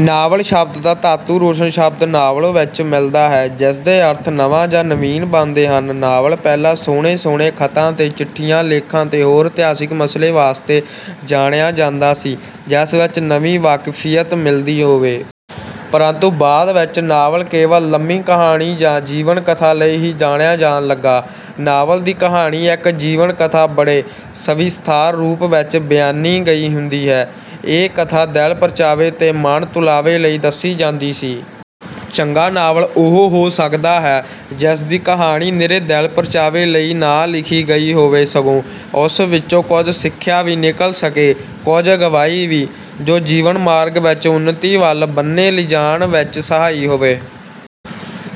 Novel ' ਸ਼ਬਦ ਦਾ ਧਾਤੂ ਰੋਸ਼ਨ ਸ਼ਬਦ ' ਨਾਵਲੋਂ ' ਵਿੱਚ ਮਿਲਦਾ ਹੈ ਜਿਸਦੇ ਅਰਥ ਨਵਾਂ ਜਾਂ ਨਵੀਨ ਬਣਦੇ ਹਨ ਨਾਵਲ ਪਹਿਲਾਂ ਸੋਹਣੇ ਸੋਹਣੇ ਖਤਾਂ ਤੇ ਚਿੱਠੀਆਂ ਲੇਖਾਂ ਤੇ ਹੋਰ ਇਤਿਹਾਸਿਕ ਮਸਲੇ ਵਾਸਤੇ ਜਾਣਿਆ ਜਾਂਦਾ ਸੀ ਜਿਸ ਵਿੱਚ ਨਵੀਂ ਵਾਕਫੀਅਤ ਮਿਲਦੀ ਹੋਵੇ। ਪਰੰਤੂ ਬਾਅਦ ਵਿੱਚ ਨਾਵਲ ਕੇਵਲ ਇੱਕ ਲੰਮੀ ਕਹਾਣੀ ਜਾਂ ਜੀਵਨ ਕਥਾ ਲਈ ਹੀ ਜਾਣਿਆ ਜਾਣ ਲੱਗਾ। ਨਾਵਲ ਦੀ ਕਹਾਣੀ ਇੱਕ ਜੀਵਨ ਕਥਾ ਬੜੇ ਸਵਿਸਥਾਰ ਰੂਪ ਵਿੱਚ ਬਿਆਨੀ ਗਈ ਹੁੰਦੀ ਹੈ। ਇਹ ਕਥਾ ਦਿਲ ਪਰਚਾਵੇ ਤੇ ਮਨ ਤੁਲਾਵੇ ਲਈ ਵੀ ਦੱਸੀ ਜਾਂਦੀ ਸੀ। ਚੰਗਾ ਨਾਵਲ ਉਹੋ ਹੋ ਸਕਦਾ ਹੈ ਜਿਸ ਦੀ ਕਹਾਣੀ ਨਿਰੇ ਦਿਲ ਪਰਚਾਵੇ ਲਈ ਨਾ ਲਿਖੀ ਗਈ ਹੋਵੇ, ਸਗੋਂ ਉਸ ਵਿੱਚੋਂ ਕੁਝ ਸਿੱਖਿਆ ਵੀ ਨਿਕਲ ਸਕੇ ਕੁਝ ਅਗਵਾਈ ਵੀ, ਜ਼ੋ ਜੀਵਨ ਮਾਰਗ ਵਿੱਚ ਉੱਨਤੀ ਵੱਲ ਬੰਨੇ ਲਿਜਾਣ ਵਿੱਚ ਸਹਾਈ ਹੋਵੇ।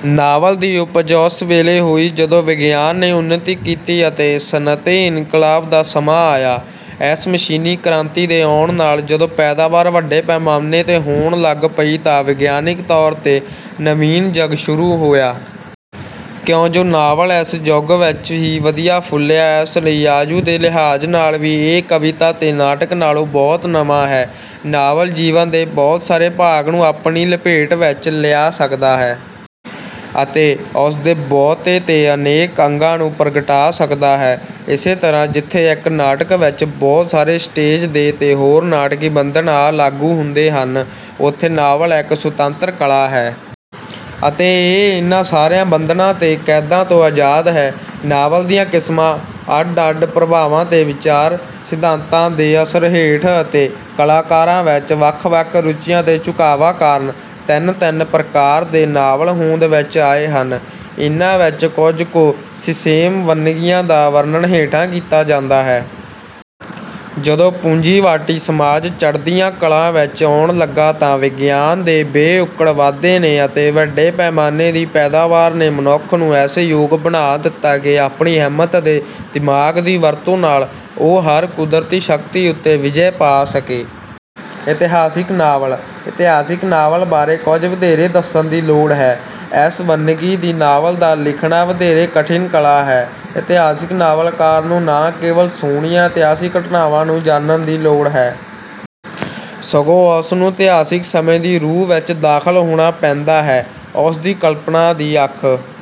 ਨਾਵਲ ਦੀ ਉਪਜ ਉਸ ਵੇਲੇ ਹੋਈ ਜਦੋਂ ਵਿਗਿਆਨ ਨੇ ਉੱਨਤੀ ਕੀਤੀ ਅਤੇ ਸਨਅਤੀ-ਇਨਕਲਾਬ ਦਾ ਸਮਾਂ ਆਇਆ। ਇਸ ਮਸ਼ੀਨੀ ਕ੍ਰਾਂਤੀ ਦੇ ਆਉਣ ਨਾਲ ਜਦੋਂ ਪੈਦਾਵਾਰ ਵੱਡੇ ਪੈਮਾਨੇ ਤੇ ਹੋਣ ਲੱਗ ਪਈ ਤਾਂ ਵਿਗਿਆਨਕ ਤੌਰ ਤੇ ਨਵੀਨ ਜਗ ਸ਼ੁਰੂ ਹੋਇਆ। ਕਿਉਂਜੋ ਨਾਵਲ ਇਸ ਜੁਗ ਵਿੱਚ ਹੀ ਵਧੀਆ ਫੁਲਿਆ ਇਸ ਲਈ ਆਯੂ ਦੇ ਲਿਹਾਜ ਨਾਲ ਵੀ ਇਹ ਕਵਿਤਾ ਤੇ ਨਾਟਕ ਨਾਲੋਂ ਬਹੁਤ ਨਵਾਂ ਹੈ। ਨਾਵਲ ਜੀਵਨ ਦੇ ਬਹੁਤ ਸਾਰੇ ਭਾਗ ਨੂੰ ਆਪਣੀ ਲਪੇਟ ਵਿੱਚ ਲਿਆ ਸਕਦਾ ਹੈ। ਅਤੇ ਉਸ ਦੇ ਬਹੁਤੇ ਤੇ ਅਨੇਕ ਅੰਗਾਂ ਨੂੰ ਪ੍ਰਗਟਾ ਸਕਦਾ ਹੈ। ਇਸੇ ਤਰਾਂ ਜਿਥੇ ਇੱਕ ਨਾਟਕ ਵਿੱਚ ਬਹੁਤ ਸਾਰੇ ਸਟੇਜ਼ ਦੇ ਤੇ ਹੋਰ ਨਾਟਕੀ ਬੰਧਨ ਆ ਲਾਗੂ ਹੁੰਦੇ ਹਨ ਉਥੇ ਨਾਵਲ ਇੱਕ ਸੁਤੰਤਰ ਕਲਾ ਹੈ। ਅਤੇ ਇਹ ਇਹਨਾਂ ਸਾਰਿਆਂ ਬੰਧਨਾਂ ਤੇ ਕੈਦਾਂ ਤੋਂ ਆਜਾਦ ਹੈ। ਨਾਵਲ ਦੀਆਂ ਕਿਸਮਾਂ ਅੱਡ ਅੱਡ ਪ੍ਰਭਾਵਾਂ ਤੇ ਵਿਚਾਰ ਸਿਧਾਤਾਂ ਦੇ ਅਸਰ ਹੇਠ, ਅਤੇ ਕਲਾਕਾਰਾਂ ਵਿੱਚ ਵੱਖ-ਵੱਖ ਰੁਚੀਆਂ ਤੇ ਝੁਕਾਵਾਂ ਕਾਰਨ ਤਿੰਨ-ਤਿੰਨ ਪ੍ਰਕਾਰ ਦੇ ਨਾਵਲ ਹੋਂਦ ਵਿੱਚ ਆਏ ਹਨ ਇਹਨਾਂ ਵਿੱਚ ਕੁਝ ਕੁ ਸਿਸੇਮ ਵੰਨਗੀਆਂ ਦਾ ਵਰਣਨ ਹੇਠਾਂ ਕੀਤਾ ਜਾਂਦਾ ਹੈ। ਜਦੋਂ ਪੂੰਜੀਵਾਟੀ ਸਮਾਜ ਚੜਦੀਆਂ ਕਲਾ ਵਿੰਚ ਆਉਣ ਲੱਗਾ ਤਾ ਵਿਗਿਆਨ ਦੇ ਬੇ-ਉੜਕ ਵਾਧੇ ਨੇ ਅਤੇ ਵੱਡੇ ਪੈਮਾਨੇ ਦੀ ਪੈਦਾਵਾਰ ਨੇ ਮਨੁੱਖ ਨੂੰ ਇਸ ਯੋਗ ਬਣਾ ਦਿੱਤਾ ਕਿ ਆਪਣੀ ਹਿੰਮਤ ਅਤੇ ਦਿਮਾਗ ਦੀ ਵਰਤੋਂ ਨਾਲ ਉਹ ਹਰ ਕੁਦਰਤੀ ਸ਼ਕਤੀ ਉੱਤੇ ਵਿਜੈ ਪਾ ਸਕੇ। ਇਤਿਹਾਸਿਕ ਨਾਵਲ:- ਇਤਿਹਾਸਿਕ ਨਾਵਲ ਬਾਰੇ ਕੁਝ ਵਧੇਰੇ ਦੱਸਣ ਦੀ ਲੋੜ ਹੈ। ਇਸ ਵੰਨਗੀ ਦੀ ਨਾਵਲ ਦਾ ਲਿਖਣਾ ਵਧੇਰੀ ਕਠਿਨ ਕਲਾ ਹੈ। ਇਤਿਹਾਸਿਕ ਨਾਵਲਕਾਰ ਨੂੰ ਨਾ ਕੇਵਲ ਸੋਣੀਆਂ ਇਤਿਹਾਸਿਕ ਘਟਨਾਵਾ ਨੂੰ ਜਾਨਣ ਦੀ ਲੋੜ ਹੈ। ਸਗੋਂ ਉਸ ਨੂੰ ਇਤਿਹਾਸਿਕ ਸਮੇਂ ਦੀ ਰੂਹ ਵਿੱਚ ਦਾਖਲ ਹੋਣਾ ਪੈਂਦਾ ਹੈ। ਉਸ ਦੀ ਕਲਪਨਾ ਦੀ ਅੱਖ...